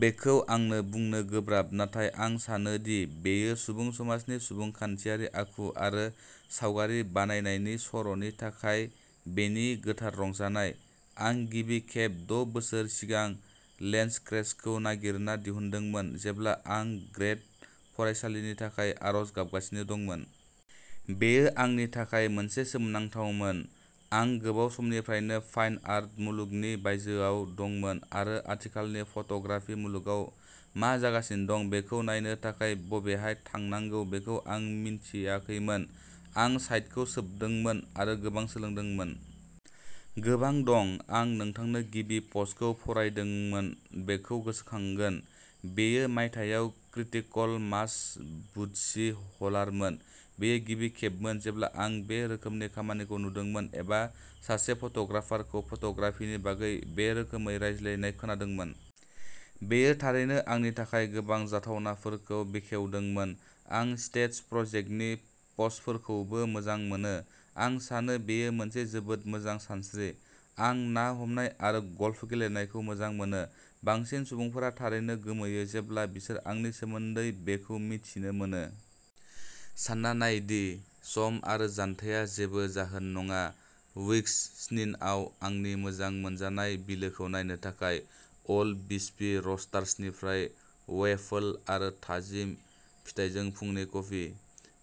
बेखौ आंनो बुंनो गोब्राब नाथाय आं सानो दि बेयो सुबुं समाजनि सुबुंखान्थियारि आखु आरो सावगारि बानायनायनि सर'नि थाखाय बेनि गोथार रंजानाय। आं गिबि खेब द' बोसोर सिगां लेन्सक्रेचखौ नागिरना दिहुनदोंमोन जेब्ला आं ग्रेद फरायसालिनि थाखाय आर'ज गाबगासिनो दंमोन। बेयो आंनि थाखाय मोनसे सोमोनांथावमोन। आं गोबाव समनिफ्रायनो फाइन आर्ट मुलुगनि बायजोआव दंमोन आरो आथिखालनि फट'ग्राफि मुलुगाव मा जागासिनो दं बेखौ नायनो थाखाय बबेहाय थांनांगौ बेखौ आं मिन्थियाखैमोन। आं साइटखौ सोबदोंमोन आरो गोबां सोलोंदोंमोन। गोबां दं आं नोंथांनो गिबि पस्टखौ फरायदोंमोन बेखौ गोसोखांगोन। बेयो मायथाइयाव क्रिटिकल मास बुटसि हलारमोन। बेयो गिबि खेबमोन जेब्ला आं बे रोखोमनि खामानिखौ नुदोंमोन एबा सासे फट'ग्राफारखौ फट'ग्राफिनि बागै बे रोखोमै रायज्लायनाय खोनादोंमोन। बेयो थारैनो आंनि थाखाय गोबां जाथावनाफोरखौ बेखेवदोंमोन। आं स्टेट्स प्रजेक्टनि पस्टफोरखौबो मोजां मोनो। आं सानो बेयो मोनसे जोबोद मोजां सानस्रि। आं ना हमनाय आरो गल्फ गेलेनायखौ मोजां मोनो। बांसिन सुबुंफोरा थारैनो गोमोयो जेब्ला बिसोर आंनि सोमोन्दै बेखौ मिथिनो मोनो। सानना नाय दि सम आरो जानथाया जेबो जाहोन नङा विस्कन्सिनआव आंनि मोजां मोनजानाय बिलोखौ नायनो थाखाय अल्ड बिस्बी रस्टार्सनिफ्राय वेफल आरो थाजिम फिथाइजों फुंनि कफि।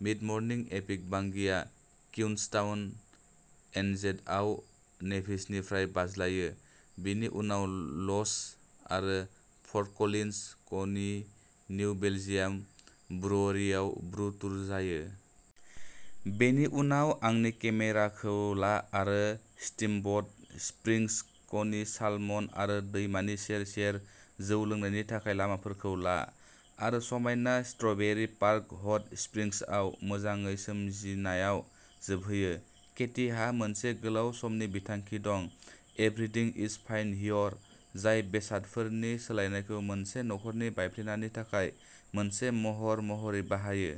मिड-मर्निं एपिक बांगिआ क्वीन्सटाउन, एनजेडआव नेभिसनिफ्राय बाज्लायो। बिनि उनाव लञ्च आरो फर्ट कलिन्स, क'नि निउ बेलजियाम ब्रुअरीआव ब्रु टुर जायो। बेनि उनाव आंनि केमेराखौ ला आरो स्टीमब'ट स्प्रिंग्स, क'नि सालमन आरो दैमानि सेर-सेर जौ लोंनायनि थाखाय लामाफोरखौ ला। आरो समायना स्ट्रबेरी पार्क हट स्प्रिंग्सआव मोजाङै सोमजिनायाव जोबहैयो। केटीहा मोनसे गोलाव समनि बिथांखि दं, एभ्रिथिं इज फाइन हियर, जाय बेसादफोरनि सोलायनायखौ मोनसे नखरनि बायफ्लेनायनि थाखाय मोनसे महर महरै बाहायो।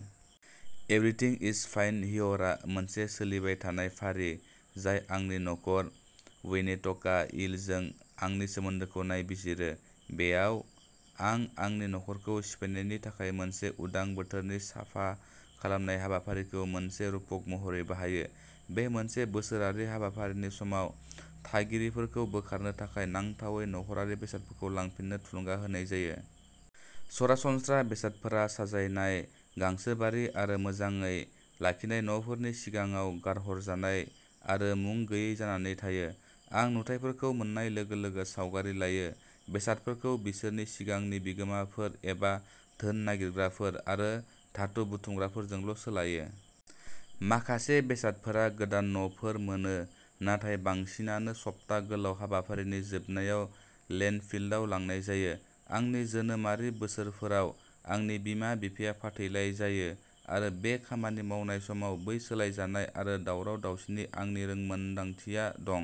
एभ्रिथिं इज फाइन हियरआ मोनसे सोलिबाय थानाय फारि जाय आंनि न'खर, विनेटका, इलजों आंनि सोमोन्दोखौ नायबिजिरो। बेयाव। आं आंनि नख'रखौ सिफायनायनि थाखाय मोनसे उदां बोथोरनि साफा खालामनाय हाबाफारिखौ मोनसे रुपक महरै बाहायो। बे मोनसे बोसोरारि हाबाफारिनि समाव, थागिरिफोरखौ बोखारनो थाखाय नांथावै नख'रारि बेसादफोरखौ लांफिननो थुलुंगा होनाय जायो। सरासनस्रा बेसादफोरा साजायनाय गांसोबारि आरो मोजाङै लाखिनाय न'फोरनि सिगाङाव गारहरजानाय आरो मुं गोयि जानानै थायो। आं नुथाइफोरखौ मोन्नाय लोगो लोगो सावगारि लायो। बेसादफोरखौ बिसोरनि सिगांनि बिगोमाफोर एबा धोन नागिरग्राफोर आरो धातु बुथुमग्राफोरजोंल' सोलायो। माखासे बेसादफोरा गोदान न'फोर मोनो नाथाय बांसिनानो सप्ता गोलाव हाबाफारिनि जोबनायाव लेन्डफिलआव लांनाय जायो। आंनि जोनोमारि बोसोरफोराव, आंनि बिमा-बिफाया फाथैलाइ जायो आरो बे खामानि मावनाय समाव बै सोलायजानाय आरो दावराव-दावसिनि आंनि रोंमोनदांथिया दं।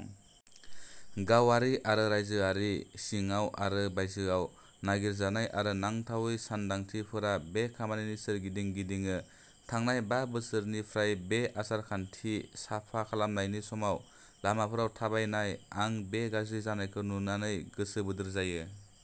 गावारि आरो रायजोआरि, सिङाव आरो बायजोआव, नागिरजानाय आरो नांथावै सानदांथिफोरा बे खामानिनि सोरगिदिं गिदिङो। थांनाय बा बोसोरनिफ्राय बे आसार-खान्थि साफा खालामनायनि समाव लामाफोराव थाबायनाय, आं बे गाज्रि जानायखौ नुनानै गोसो बोदोर जायो।